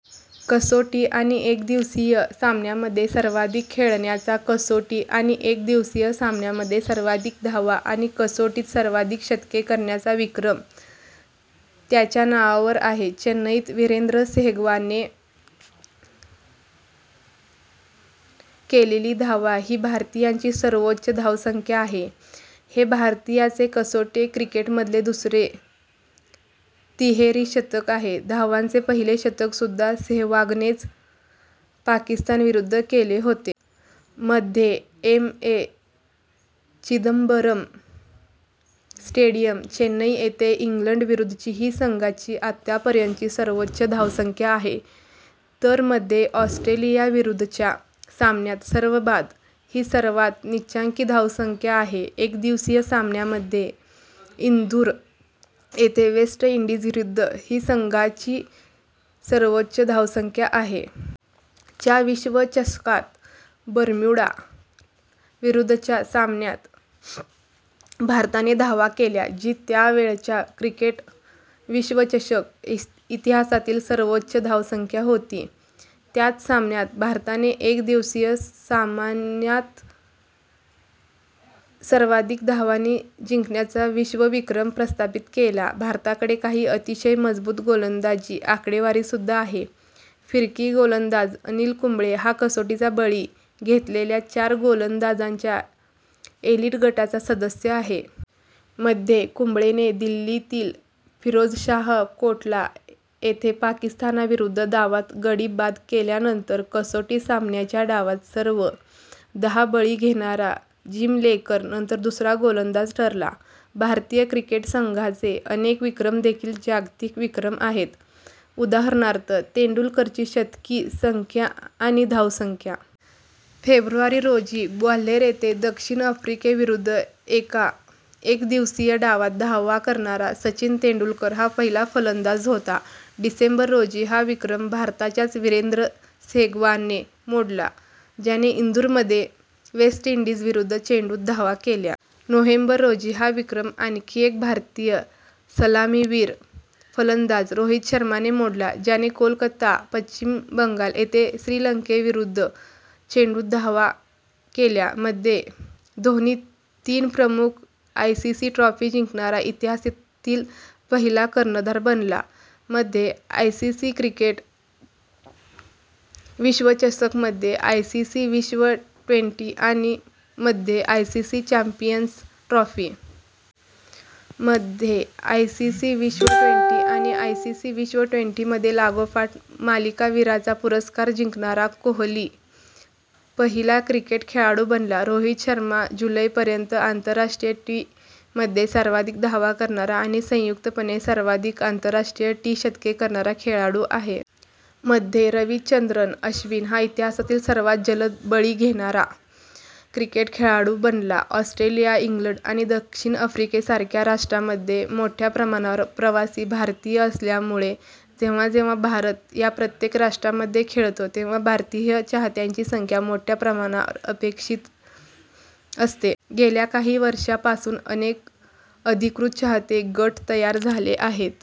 कसोटी आणि एकदिवसीय सामन्यांमध्ये सर्वाधिक खेळण्याचा, कसोटी आणि एकदिवसीय सामन्यांमध्ये सर्वाधिक धावा आणि कसोटीत सर्वाधिक शतके करण्याचा विक्रम त्याच्या नावावर आहे. चेन्नईत वीरेंद्र सेहवागने केलेली धावा ही भारतीयांची सर्वोच्च धावसंख्या आहे. हे भारतीयाचे कसोटी क्रिकेटमधले दुसरे तिहेरी शतक आहे, धावांचे पहिले शतक सुद्धा सेहवागनेच पाकिस्तान विरुद्ध केले होते. मध्ये M. A. Chidambaram stadium, Chennai येथे इंग्लंड विरुद्धची / ही संघाची आतापर्यंतची सर्वोच्च धावसंख्या आहे, तर मध्ये ऑस्ट्रेलियाविरुद्धच्या सामन्यात सर्वबाद ही सर्वात नीचांकी धावसंख्या आहे. एकदिवसीय सामन्यांमध्ये, - मध्ये इंदूर येथे वेस्ट इंडीजविरुद्ध / ही संघाची सर्वोच्च धावसंख्या आहे. च्या विश्वचषकात बर्म्युडा विरुद्धच्या सामन्यात भारताने / धावा केल्या, जी त्यावेळच्या क्रिकेट विश्वचषक इतिहासातील सर्वोच्च धावसंख्या होती. त्याच सामन्यात, भारताने एकदिवसीय सामन्यात सर्वाधिक धावांनी जिंकण्याचा विश्वविक्रम प्रस्थापित केला. भारताकडे काही अतिशय मजबूत गोलंदाजी आकडेवारीसुद्धा आहे, फिरकी गोलंदाज अनिल कुंबळे हा कसोटी बळी घेतलेल्या चार गोलंदाजांच्या एलिट गटाचा सदस्य आहे. मध्ये, कुंबळेने दिल्लीतील फिरोजशाह कोटला येथे पाकिस्तानविरुद्ध धावांत गडी बाद केल्यानंतर कसोटी सामन्याच्या डावात सर्व दहा बळी घेणारा जिम लेकर नंतर दुसरा गोलंदाज ठरला. भारतीय क्रिकेट संघाचे अनेक विक्रम देखील जागतिक विक्रम आहेत, उदाहरणार्थ तेंडुलकरची शतकी संख्या आणि धावसंख्या. फेब्रुवारी रोजी ग्वाल्हेर येथे दक्षिण आफ्रिकेविरुद्ध एका एकदिवसीय डावात धावा करणारा सचिन तेंडुलकर हा पहिला फलंदाज होता. डिसेंबर रोजी, हा विक्रम भारताच्याच वीरेंद्र सेहवागने मोडला, ज्याने इंदूरमध्ये वेस्ट इंडीज विरुद्ध चेंडूंत धावा केल्या. नोव्हेंबर रोजी हा विक्रम आणखी एक भारतीय सलामीवीर फलंदाज रोहित शर्माने मोडला, ज्याने कोलकाता, पश्चिम बंगाल येथे श्रीलंकेविरुद्ध चेंडूंत धावा केल्या. मध्ये, धोनी तीन प्रमुख आयसीसी ट्रॉफी जिंकणारा इतिहासातील पहिला कर्णधार बनला- मध्ये आयसीसी क्रिकेट विश्वचषक, मध्ये आयसीसी विश्व ट्वेंटी आणि मध्ये आयसीसी चॅम्पियन्स ट्रॉफी. मध्ये, आयसीसी विश्व ट्वेंटी आणि आयसीसी विश्व ट्वेंटी मध्ये लागोपाठ मालिकावीराचा पुरस्कार जिंकणारा कोहली पहिला क्रिकेट खेळाडू बनला. रोहित शर्मा जुलै पर्यंत आंतरराष्ट्रीय टी मध्ये सर्वाधिक धावा करणारा आणि संयुक्तपणे सर्वाधिक आंतरराष्ट्रीय टी शतके करणारा खेळाडू आहे. मध्ये, रविचंद्रन अश्विन हा इतिहासातील सर्वात जलद बळी घेणारा क्रिकेट खेळाडू बनला. ऑस्ट्रेलिया, इंग्लंड आणि दक्षिण आफ्रिकेसारख्या राष्ट्रांमध्ये मोठ्या प्रमाणावर प्रवासी भारतीय असल्यामुळे, जेव्हा जेव्हा भारत या प्रत्येक राष्ट्रांमध्ये खेळतो तेव्हा भारतीय चाहत्यांची संख्या मोठ्या प्रमाणावर अपेक्षित असते. गेल्या काही वर्षांपासून अनेक अधिकृत चाहते गट तयार झाले आहेत.